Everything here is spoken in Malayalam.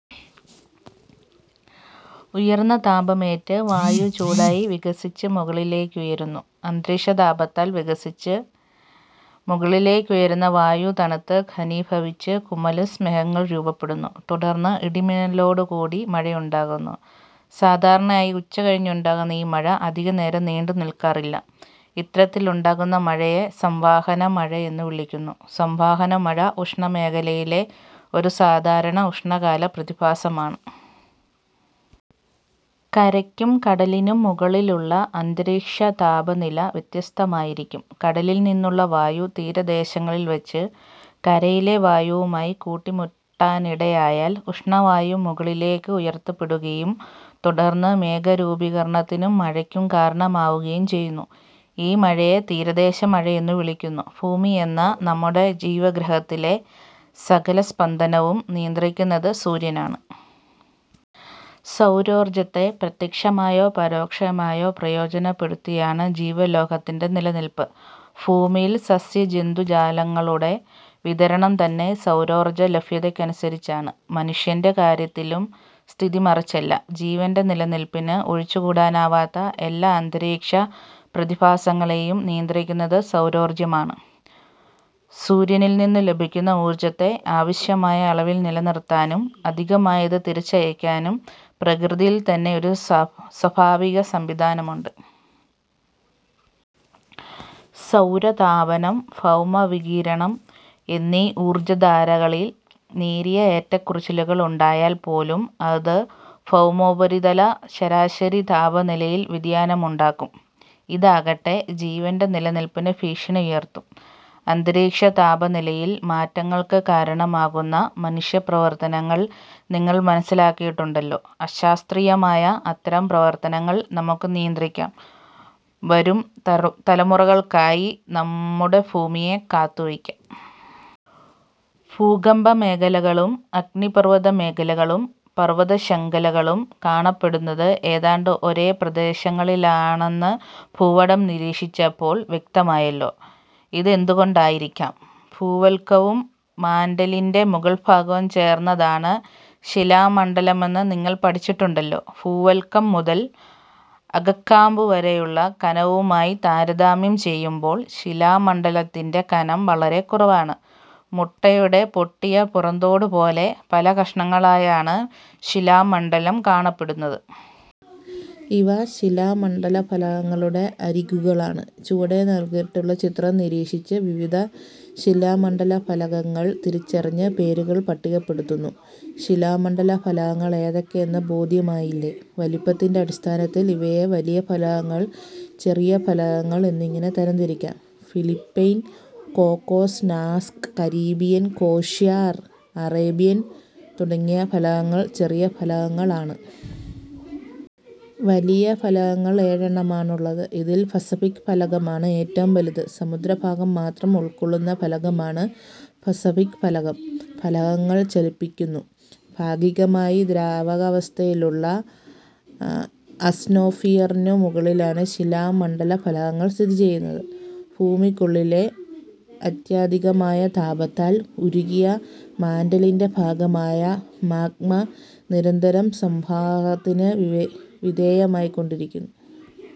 ഉയർന്ന താപമേറ്റ് വായു ചൂടായി വികസിച്ച് മുകളിലേക്കുയരുന്നു. അന്തരീക്ഷതാപത്താൽ വികസിച്ച് മുകളിലേക്കുയരുന്ന വായു തണുത്ത് ഘനീഭവിച്ച് കുമുലസ് മേഘങ്ങൾ രൂപമെടുക്കുന്നു. തുടർന്ന് ഇടിമിന്നലോടു കൂടി മഴയുണ്ടാകുന്നു. സാധാരണയായി ഉച്ചകഴിഞ്ഞുണ്ടാകുന്ന ഈ മഴ അധികനേരം നീണ്ടുനിൽക്കാറില്ല. ഇത്തരത്തിലുണ്ടാകുന്ന മഴയെ സംവഹന മഴ എന്നു വിളിക്കുന്നു. സംവഹനമഴ ഉഷ്ണമേഖലയിലെ ഒരു സാധാരണ ഉഷ്ണകാല പ്രതിഭാസമാണ്. കരയ്ക്കും കടലിനും മുകളിലുള്ള അന്തരീക്ഷതാപനില വ്യത്യസ്തമായിരിക്കും. കടലിൽ നിന്നുള്ള വായു തീരദേശങ്ങളിൽ വച്ച് കരയിലെ വായുവുമായി കൂട്ടിമുട്ടാനിടയായാൽ ഉഷ്ണവായു മുകളിലേക്ക് ഉയർത്തപ്പെടുകയും തുടർന്ന് മേഘരൂപീകരണത്തിനും മഴയ്ക്കും കാരണമാവുകയും ചെയ്യുന്നു. ഈ മഴയെ തീരദേശ മഴ എന്ന് വിളിക്കുന്നു. ഭൂമിയെന്ന നമ്മുടെ ജീവഗ്രഹത്തിലെ സകല സ്പന്ദനവും നിയന്ത്രിക്കുന്നത് സൂര്യനാണ്. സൗരോർജത്തെ പ്രത്യക്ഷമായോ പരോക്ഷമായോ പ്രയോജനപ്പെടുത്തിയാണ് ജീവലോകത്തിന്റെ നിലനിൽപ്പ്. ഭൂമിയിൽ സസ്യ ജന്തുജാലങ്ങളുടെ വിതരണം തന്നെ സൗരോർജ ലഭ്യതയ്ക്കനുസരിച്ചാണ്. മനുഷ്യന്റെ കാര്യത്തിലും സ്ഥിതി മറിച്ചല്ല. ജീവന്റെ നിലനിൽപ്പിന് ഒഴിച്ചു കൂടാനാവാത്ത എല്ലാ അന്തരീക്ഷപ്രതിഭാസങ്ങളെയും നിയന്ത്രിക്കുന്നത് സൗരോർജമാണ്. സൂര്യനിൽനിന്നു ലഭിക്കുന്ന ഊർജത്തെ ആവശ്യമായ അളവിൽ നിലനിർത്താനും അധികമായത് തിരിച്ചയയ്ക്കാനും പ്രകൃതിയിൽത്തന്നെ ഒരു സ്വാഭാവിക സംവിധാനമുണ്ട്. സൗരതാപനം, ഭൗമവികിരണം എന്നീ ഊർജധാരകളിൽ നേരിയ ഏറ്റക്കുറച്ചിലുകൾ ഉണ്ടായാൽ പോലും അത് ഭൗമോപരിതല ശരാശരി താപനിലയിൽ വ്യതിയാനമുണ്ടാക്കും. ഇതാകട്ടെ, ജീവന്റെ നിലനിൽപ്പിന് ഭീഷണിയുയർത്തും. അന്തരീക്ഷതാപനിലയിൽ മാറ്റങ്ങൾക്ക് കാരണമാകുന്ന മനുഷ്യപ്രവർത്തനങ്ങൾ നിങ്ങൾ മനസ്സിലാക്കിയിട്ടുണ്ടല്ലോ. അശാസ്ത്രീയമായ അത്തരം പ്രവർത്തനങ്ങൾ നമുക്ക് നിയന്ത്രിക്കാം. വരും തലമുറകൾക്കായി നമ്മുടെ ഭൂമിയെ കാത്തുവയ്ക്കാം. ഭൂകമ്പമേഖലകളും അഗ്നിപർവതമേഖലകളും പർവതശൃംഖലകളും കാണപ്പെടുന്നത് ഏതാണ്ട് ഒരേ പ്രദേശങ്ങളിലാണെന്ന് ഭൂപടം നിരീക്ഷിച്ചപ്പോൾ വ്യക്തമായല്ലോ. ഇത് എന്തുകൊണ്ടായിരിക്കാം? ഭൂവൽക്കവും മാന്റിലിന്റെ മുകൾഭാഗവും ചേർന്നതാണ് ശിലാമണ്ഡലമെന്ന് നിങ്ങൾ പഠിച്ചിട്ടുണ്ടല്ലോ. ഭൂവൽക്കം മുതൽ അകക്കാമ്പു വരെയുള്ള കനവുമായി താരതമ്യം ചെയ്യുമ്പോൾ ശിലാമണ്ഡലത്തിന്റെ കനം വളരെ കുറവാണ്. മുട്ടയുടെ പൊട്ടിയ പുറന്തോടുപോലെ പല കഷണങ്ങളായാണ് ശിലാമണ്ഡലം കാണപ്പെടുന്നത്. ഇവ ശിലാമണ്ഡലഫലകങ്ങളുടെ അരികുകളാണ്. ചുവടെ നൽകിയിട്ടുള്ള ചിത്രം നിരീക്ഷിച്ച് വിവിധ ശിലാമണ്ഡലഫലകങ്ങൾ തിരിച്ചറിഞ്ഞ് പേരുകൾ പട്ടികപ്പെടുത്തൂന്നു ശിലാമണ്ഡലഫലകങ്ങൾ ഏതൊക്കെയെന്ന് ബോധ്യമായില്ലേ. വലിപ്പത്തിന്റെ അടിസ്ഥാനത്തിൽ ഇവയെ വലിയ ഫലകങ്ങൾ, ചെറിയ ഫലകങ്ങൾ എന്നിങ്ങനെ തരംതിരിക്കാം. ഫിലിപ്പൈൻ, കോക്കോസ്, നാസ്ക്, കരീബിയൻ, കോഷ്യ, അറേബ്യൻ തുടങ്ങിയ ഫലകങ്ങൾ ചെറിയ ഫലകങ്ങളാണ്. വലിയ ഫലകങ്ങൾ ഏഴെണ്ണമാണുള്ളത്. ഇതിൽ പസഫിക് ഫലകമാണ് ഏറ്റവും വലുത്. സമുദ്രഭാഗം മാത്രം ഉൾക്കൊള്ളുന്ന ഫലകമാണ് പസഫിക് ഫലകം. ഫലകങ്ങൾ ചലിപ്പിക്കുന്നു. ഭാഗികമായി ദ്രവാകവസ്ഥയിലുള്ള അസ്നോസ്ഫിയറിനു മുകളിലാണ് ശിലാ മണ്ഡലഫലകങ്ങൾ സ്ഥിതിചെയ്യുന്നത്. ഭൂമിക്കുള്ളിലെ അത്യധികമായ താപത്താൽ ഉരുകിയ മാന്റിലിന്റെ ഭാഗമായ മാഗ്മ നിരന്തരം സംവഹനത്തിന് വിധേയമായിക്കൊണ്ടിരിക്കുന്നു.